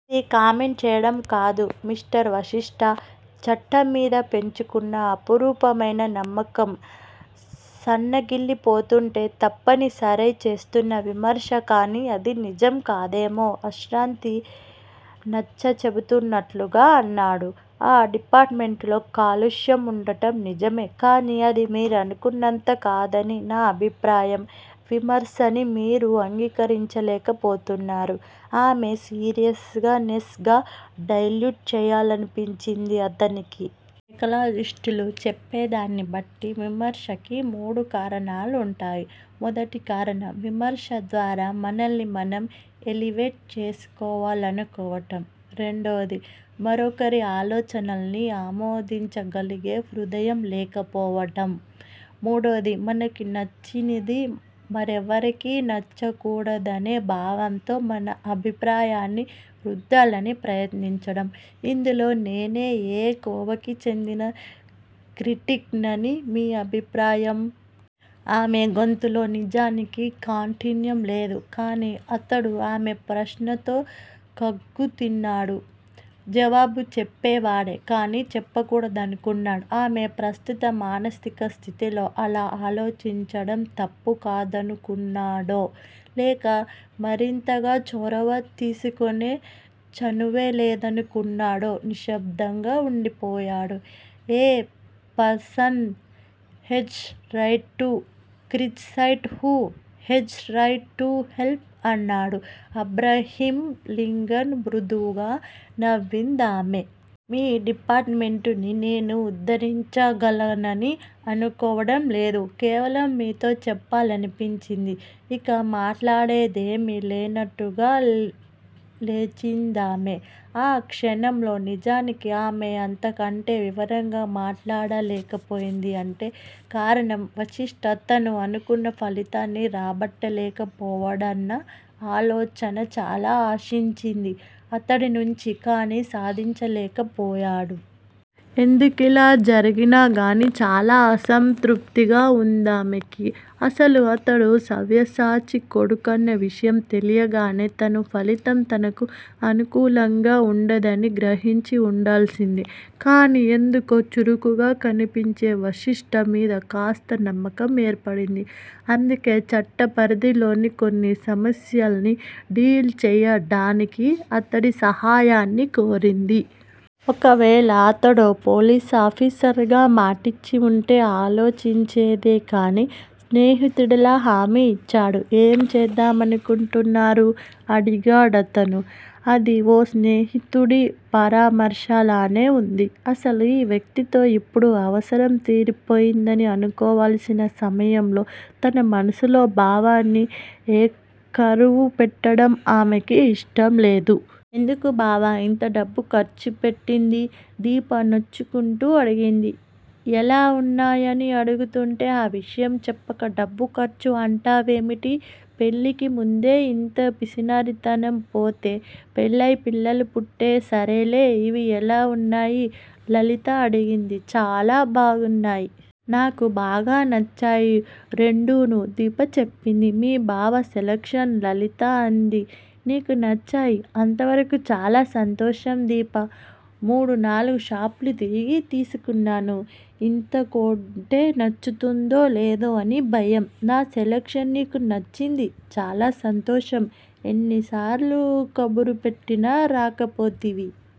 ఇది కామెంట్ చేయడం కాదు మిస్టర్ వశిష్టా! చట్టంమీద పెంచుకున్న అపురూపమైన నమ్మకం సన్నగిల్లి పోతుంటే తప్పనిసరై చేస్తున్న విమర్శ కాని అది నిజం కాదేమో ఆశ్రితా నచ్చచెబుతున్నట్టుగా అన్నాడు. నా డిపార్టుమెంటులో కాలుష్యం వుండటం నిజమే! కాని అది మీరనుకున్నంతగా కాదన్నది నా అభిప్రాయం విమర్సని మీరు అంగీకరించలేకపోతున్నారు ఆమె సీరియస్ నెస్ ని డైల్యూట్ చేయాలనిపించింది అతనికి. సైకాలజిస్టులు చెప్పేదాన్ని బట్టి విమర్శకి మూడు కారణాలు వుంటాయి. మొదటి కారణం- విమర్శ ద్వారా మనల్ని మనం ఎలివేట్ చేసుకోవాలనుకోవటం, రెండోది-మరొకరి ఆలోచనల్ని ఆమోదించగలిగే హృదయం లేకపోవడం, మూడోది- మనకి నచ్చనిది మరెవరికీ నచ్చకూడదనే భావంతో మన అభిప్రాయాన్ని రుద్దాలని ప్రయత్నించడం ఇందులో నేను ఏ కోవకి చెందిన క్రిటిక్ నని మీ అభిప్రాయం. ఆమె గొంతులో నిజానికి కాఠిన్యం లేదు. కాని అతడు ఆమె ప్రశ్నతో ఖంగుతిన్నాడు. జవాబు చెప్పేవాడే! కాని చెప్పకూడదనుకున్నాడు. ఆమె ప్రస్తుత మానసిక స్థితిలో అలా ఆలోచించడం తప్పు కాదనుకున్నాడో, లేక మరింతగా చొరవ తీసుకునే చనువే లేదనుకున్నాడో నిశ్శబ్దంగా వుండిపోయాడు. A person has right to criticise who has right to help అన్నాడు అబ్రహంలింకన్ మృదువుగా నవ్విందామె. మీ డిపార్టుమెంటుని నేను ఉద్దరించగలనని అనుకోవడంలేదు. కేవలం మీతో చెప్పాలనిపించింది. ఇక మాట్లాడేదేమీ లేదన్నట్లుగా లేచిందామె. ఆ క్షణంలో నిజానికి ఆమె అంతకంటే వివరంగా మాట్లాడలేకపోయిందీ అంటే కారణం వశిష్ట తను అనుకున్న ఫలితాన్ని రాబట్టలేక పోయాడన్న ఆలోచన చాలా ఆశించింది అతడినుంచి కాని సాధించలేకపోయాడు. ఎందుకిలా జరిగినాగాని చాలా అసంతృప్తిగా వుందామెకి. అసలు అతడు సవ్యసాచి కొడుకన్న విషయం తెలియగానే తను ఫలితం తనకు అనుకూలంగా వుండదని గ్రహించి వుండాల్సింది కాని ఎందుకో చురుకుగా కనిపించే వశిష్ట మీద కాస్త నమ్మకం ఏర్పడింది. అందుకే చట్టపరిధిలోనే కొన్ని సమస్యల్ని డీల్ చేయడానికి అతడి సహాయాన్ని కోరింది. ఒకవేళ అతడో పోలీసాఫీసర్ గా మాటిచ్చి వుంటే ఆలోచించేది కాని స్నేహితుడిలా హామీ యిచ్చాడు. ఏం చేద్దామనుకుంటున్నారు? అడిగాడతను. అదీ ఓ స్నేహితుడి పరామర్శలానే వుంది. అసలు ఈ వ్యక్తితో ఇప్పుడు అవసరం తీరిపోయిందని అనుకోవాల్సిన సమయంలో తన మనసులోని భావాన్ని ఏకరువు పెట్టడం ఆమెకీ ఇష్టంలేదు. ఎందుకు బావా యింత డబ్బు ఖర్చుపెట్టింది. దీప నొచ్చుకుంటూ అడిగింది. ఎలా వున్నాయని అడుగుతుంటే ఆ విషయం చెప్పక డబ్బు ఖర్చు అంటావేమిటి. పెళ్ళికి ముందే ఇంత పిసినారితనం పోతే పెళ్ళి అయి పిల్లలు పుట్టి సరేలే ఇవి ఎలా వున్నాయి లలిత అడిగింది. చాలా బాగున్నాయి. నాకు బాగా నచ్చాయి రెండూను దీప చెప్పింది. మీ బావ సెలక్షను లలిత అంది. నీకు నచ్చాయి అంతవరకూ చాలా సంతోషం దీపా! మూడునాలుగు షాపులు తిరిగి తీసుకున్నాను. ఇంతాకొంటే నచ్చుతుందో లేదో అని భయం. నా సెలక్షన్ నీకు నచ్చింది చాలా సంతోషం ఎన్నిసార్లు కబురు పెట్టినా రాకపోతివి.